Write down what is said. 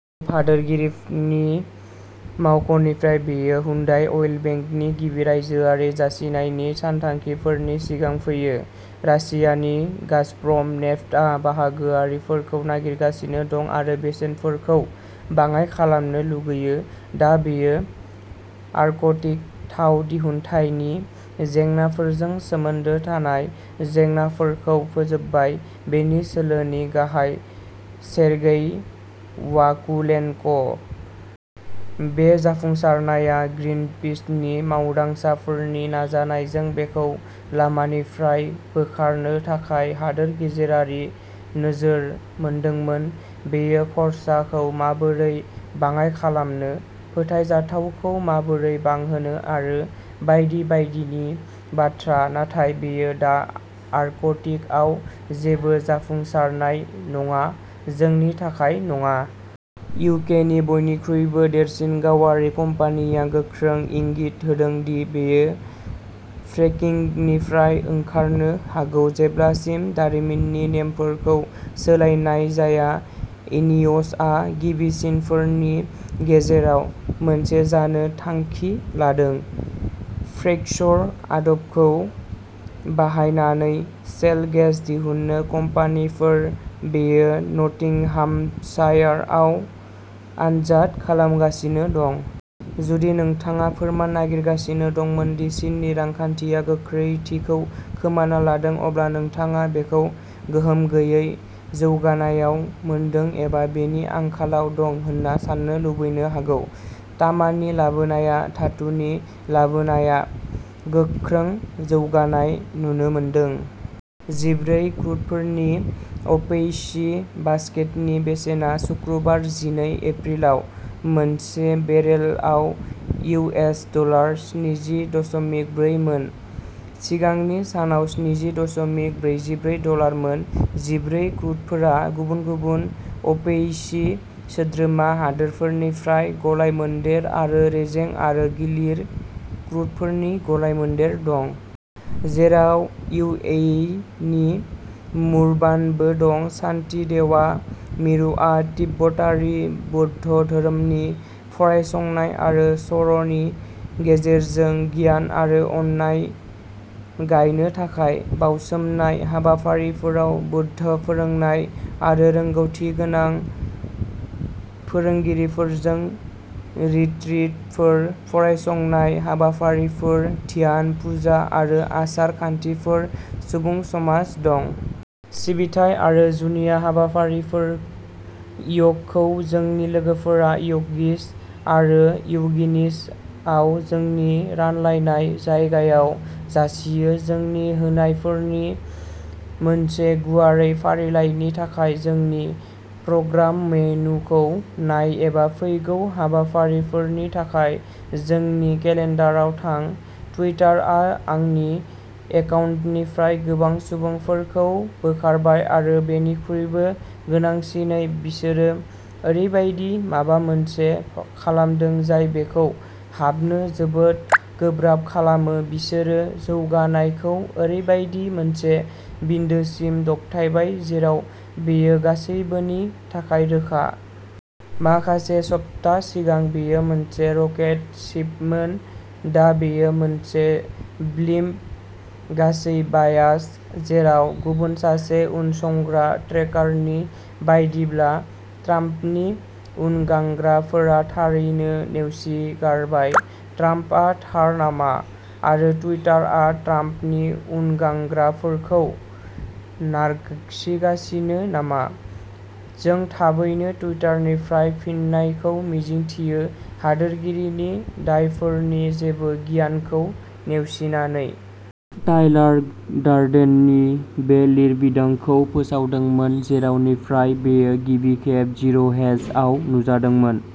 उप हादोरगिरिनि मावख'निफ्राय बेयो हुन्डाइ अइलबेंकनि गिबि रायजोआरि जासिनायनि सानथांखिफोरनि सिगां फैयो। रासियानि गाजप्रम नेफ्टआ बाहागोआरिफोरखौ नागिरगासिनो दं आरो बेसेनफोरखौ बाङाय खालामनो लुगैयो दा बेयो आर्कटिक थाव दिहुन्थायनि जेंनाफोरजों सोमोन्दो थानाय जेंनाफोरखौ फोजोबबाय बेनि सोलोनि गाहाय 'सेरगेइ वाकुलेनक'। बे जाफुंसारनाया ग्रीनपिसनि मावदांसाफोरनि नाजानायजों बेखौ लामानिफ्राय बोखारनो थाखाय हादोर गेजेरारि नोजोर मोनदोंमोन। "बेयो खरसाखौ माबोरै बाङाय खालामनो, फोथायजाथावखौ माबोरै बांहोनो आरो बायदि बायदिनि बाथ्रा, नाथाय बेयो दा आर्कटिकआव जेबो जाफुंसारनाय नङा जोंनि थाखाय नङा। इउकेनि बयनिख्रुइबो देरसिन गावारि कम्पानिया" गोख्रों इंगित "होदों दि बियो फ्रेकिंगनिफ्राय ओंखारनो हागौ जेब्लासिम दारिमिननि नेमफोरखौ सोलायनाय जाया। इनिय'सआ गिबिसिनफोरनि गेजेराव मोनसे जानो थांखि लादों। फ्रैक्चर आदबखौ बाहायनानै शेल गेस दिहुननो कम्पानिफोर। बेयो नटिंहामशायारआव आनजाद खालामगासिनो दं। जुदि नोंथाङा फोरमान नागिरगासिनो दंमोन दि चीननि रांखान्थिया गोख्रैथिखौ खोमाना लादों अब्ला नोंथाङा बेखौ गोहोम गैयै जौगानायाव मोनदों एबा बेनि आंखालाव दं होनना साननो लुबैनो हागौ। तामानि लाबोनाया धातुनि लाबोनाया गोख्रों जौगानाय नुनो मोनदों। जिब्रै क्रुडफोरनि अ'पिइसि बास्केटनि बेसेना सुक्रुबार जिनै एप्रिलाव मोनसे बेरेलआव इउएस डलार स्निजि दशमिक ब्रै मोन सिगांनि सानाव स्निजि दशमिक ब्रैजिब्रै डलार मोन। जिब्रै क्रुडफोरा गुबुन गुबुन अ'पिइसि सोद्रोमा हादोरफोरनिफ्राय गलाय-मोनदेर आरो रेजें आरो गिलिर क्रुडफोरनि गलाय-मोनदेर दं। जेराव इउएइनि मुर्बानबो दं। शान्तिदेवा मिरुआ तिब्बतारि बौद्ध धोरोमनि फरायसंनाय आरो सर'नि गेजेरजों गियान आरो अननाय गायनो थाखाय बावसोमनाय। हाबाफारिफोराव बौद्ध फोरोंनाय आरो रोंग'थिगोनां फोरोंगिरिफोरजों रिट्रिटफोर, फरायसंनाय हाबाफारिफोर, ध्यान, पुजा आरो आसार-खान्थिफोर, सुबुं समाज दं। सिबिथाइ आरो जुनिया हाबाफारिफोर। य'गखौ जोंनि लोगोफोरा य'गिस आरो य'गिनिसआव जोंनि रानलायनाय जायगायाव जासियो। जोंनि होनायफोरनि मोनसे गुवारै फारिलाइनि थाखाय जोंनि प्रग्राम मेनुखौ नाय एबा फैगौ हाबाफारिफोरनि थाखाय जोंनि केलेन्डाराव थां। टुइटारआ आंनि एकाउन्टनिफ्राय गोबां सुबुंफोरखौ बोखारबाय आरो बेनिख्रुइबो गोनांसिनै बिसोरो ओरैबायदि माबा मोनसे खालामदों जाय बेखौ हाबनो जोबोद गोब्राब खालामो बिसोरो जौगानायखौ ओरैबायदि मोनसे बिन्दोसिम दबथायबाय जेराव बेयो गासैबोनि थाखाय रोखा। माखासे सप्ता सिगां बेयो मोनसे रकेट शिपमोन दा बेयो मोनसे ब्लिम्प। गासै बायास जेराव गुबुन सासे उनसंग्रा ट्रेकारनि बायदिब्ला ट्राम्पनि उनगांग्राफोरा थारैनो नेवसिगारबाय। ट्राम्पआ थार नामा, आरो टुइटारआ ट्राम्पनि उनगांग्राफोरखौ नारसिगासिनो नामा? जों थाबैनो टुइटारनिफ्राय फिननायखौ मिजिंथियो, हादोरगिरिनि दायफोरनि जेबो गियानखौ नेवसिनानै। टाइलार डार्डेननि बे लिरबिदांखौ फोसावदोंमोन जेरावनिफ्राय बेयो गिबि खेब जिर'हेजआव नुजादोंमोन।